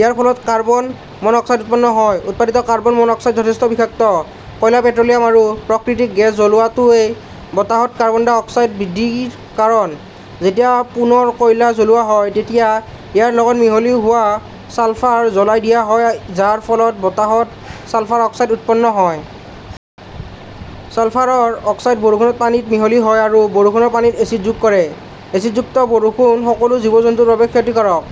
ইয়াৰ ফলত carbon monoxide উৎপন্ন হয়। উৎপাদিত কাৰ্বন মন'ক্সাইড যথেষ্ট বিষাক্ত। কয়লা, পেট্ৰ'লিয়াম আৰু প্ৰাকৃতিক গেছ জ্বলোৱাটোৱেই বতাহত কাৰ্বন ডাই অক্সাইড বৃদ্ধিৰ কাৰণ। যেতিয়া পুনৰ কয়লা জ্বলোৱা হয়, তেতিয়া ইয়াৰ লগত মিহলি হোৱা ছালফাৰ জ্বলাই দিয়া হয়, যাৰ ফলত বতাহত ছালফাৰ অক্সাইড উৎপন্ন হয়। ছালফাৰৰ অক্সাইড বৰষুণৰ পানীত মিহলি হয় আৰু বৰষুণৰ পানীত এচিড যোগ কৰে। এচিডযুক্ত বৰষুণ সকলো জীৱ-জন্তুৰ বাবে ক্ষতিকাৰক।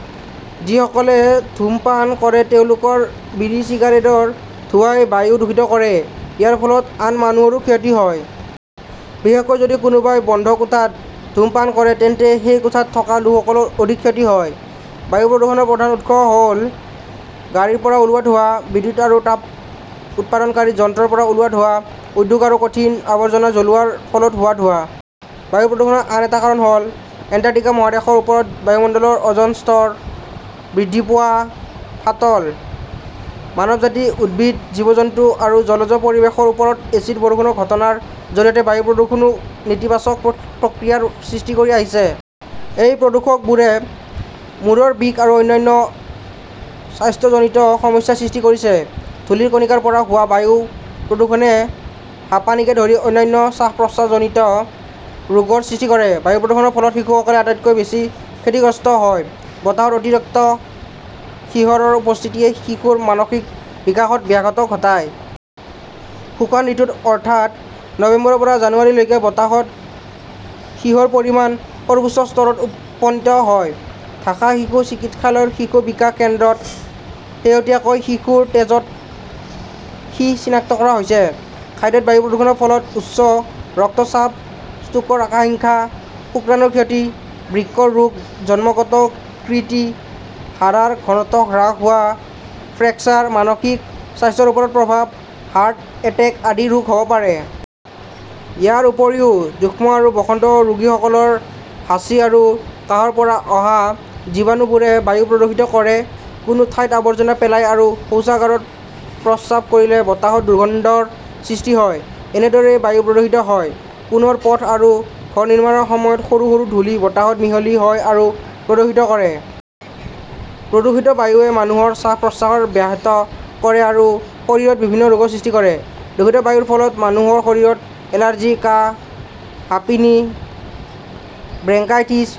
যিসকলে ধূমপান কৰে তেওঁলোকৰ বিড়ি-চিগাৰেটৰ ধোঁৱাই বায়ু দূষিত কৰে। ইয়াৰ ফলত আন মানুহৰো ক্ষতি হয়। বিশেষকৈ যদি কোনোবাই বন্ধ কোঠাত ধূমপান কৰে তেন্তে সেই কোঠাত থকা লোকসকলৰ অধিক ক্ষতি হয়। বায়ু প্ৰদূষণৰ প্ৰধান উৎসসমূহ হ'ল গাড়ীৰ পৰা ওলোৱা ধোঁৱা, বিদ্যুৎ আৰু তাপ উৎপাদনকাৰী যন্ত্ৰৰ পৰা ওলোৱা ধোঁৱা, উদ্যোগ আৰু কঠিন আৱৰ্জনা জ্বলোৱাৰ ফলত হোৱা ধোঁৱা। বায়ু প্ৰদূষণৰ আন এটা কাৰণ হ'ল এণ্টাৰ্কটিকা মহাদেশৰ ওপৰত বায়ুমণ্ডলৰ অ'জন স্তৰত বৃদ্ধি পোৱা ফাটল। মানৱজাতি, উদ্ভিদ, জীৱ-জন্তু আৰু জলজ পৰিৱেশৰ ওপৰত এচিড বৰষুণৰ ঘটনাৰ জৰিয়তে বায়ু প্ৰদূষণেও নেতিবাচক প্ৰতিক্ৰিয়াৰ সৃষ্টি কৰি আহিছে। এই প্ৰদূষকবোৰে মূৰৰ বিষ আৰু অন্যান্য স্বাস্থ্যজনিত সমস্যাৰ সৃষ্টি কৰিছে। ধূলিৰ কণিকাৰ পৰা হোৱা বায়ু প্ৰদূষণে হাঁপানীকে ধৰি অন্যান্য শ্বাস-প্ৰশ্বাসজনিত ৰোগৰ সৃষ্টি কৰে। বায়ু প্ৰদূষণৰ ফলত শিশুসকল আটাইতকৈ বেছি ক্ষতিগ্ৰস্ত হয়। বতাহত অতিৰিক্ত সীহৰ উপস্থিতিয়ে শিশুৰ মানসিক বিকাশত ব্যাঘাত ঘটায়। শুকান ঋতুত, অৰ্থাৎ নৱেম্বৰৰ পৰা জানুৱাৰীলৈকে বতাহত সীহৰ পৰিমাণ সৰ্বোচ্চ স্তৰত উপনীত হয়। ঢাকা শিশু চিকিৎসালয়ৰ শিশু বিকাশ কেন্দ্ৰত শেহতীয়াকৈ শিশুৰ তেজত সীহ চিনাক্ত কৰা হৈছে। খাদ্যত বায়ু প্ৰদূষণৰ ফলত উচ্চ ৰক্তচাপ, ষ্ট্ৰোকৰ আশংকা, শুক্ৰাণুৰ ক্ষতি, বৃক্কৰ ৰোগ, জন্মগত ত্ৰুটি, হাড়ৰ ঘনত্ব হ্ৰাস হোৱা ফ্ৰেকচাৰ, মানসিক স্বাস্থ্যৰ ওপৰত প্ৰভাৱ, হাৰ্ট এটেক আদি ৰোগ হ'ব পাৰে। ইয়াৰ উপৰিও যক্ষ্মা আৰু বসন্ত ৰোগীসকলৰ হাঁচি আৰু কাহৰ পৰা অহা জীৱাণুবোৰে বায়ু প্ৰদূষিত কৰে। কোনো ঠাইত আৱৰ্জনা পেলাই আৰু শৌচাগাৰত প্ৰস্ৰাৱ কৰিলে বতাহত দুৰ্গন্ধৰ সৃষ্টি হয়। এনেদৰেই বায়ু প্ৰদূষিত হয়। পুনৰ পথ আৰু ঘৰ নিৰ্মাণৰ সময়ত, সৰু সৰু ধূলি বতাহত মিহলি হয় আৰু প্ৰদূষিত কৰে। প্ৰদূষিত বায়ুৱে মানুহৰ শ্বাস-প্ৰশ্বাস ব্যাহত কৰে আৰু শৰীৰত বিভিন্ন ৰোগৰ সৃষ্টি কৰে। দূষিত বায়ুৰ ফলত মানুহৰ শৰীৰত এলাৰ্জি, কাহ, হাঁপানি, ব্ৰংকাইটিছ,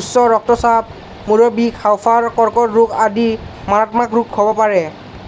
উচ্চ ৰক্তচাপ, মূৰৰ বিষ, হাঁওফাঁওৰ কৰ্কট ৰোগ আদি মাৰাত্মক ৰোগ হ'ব পাৰে।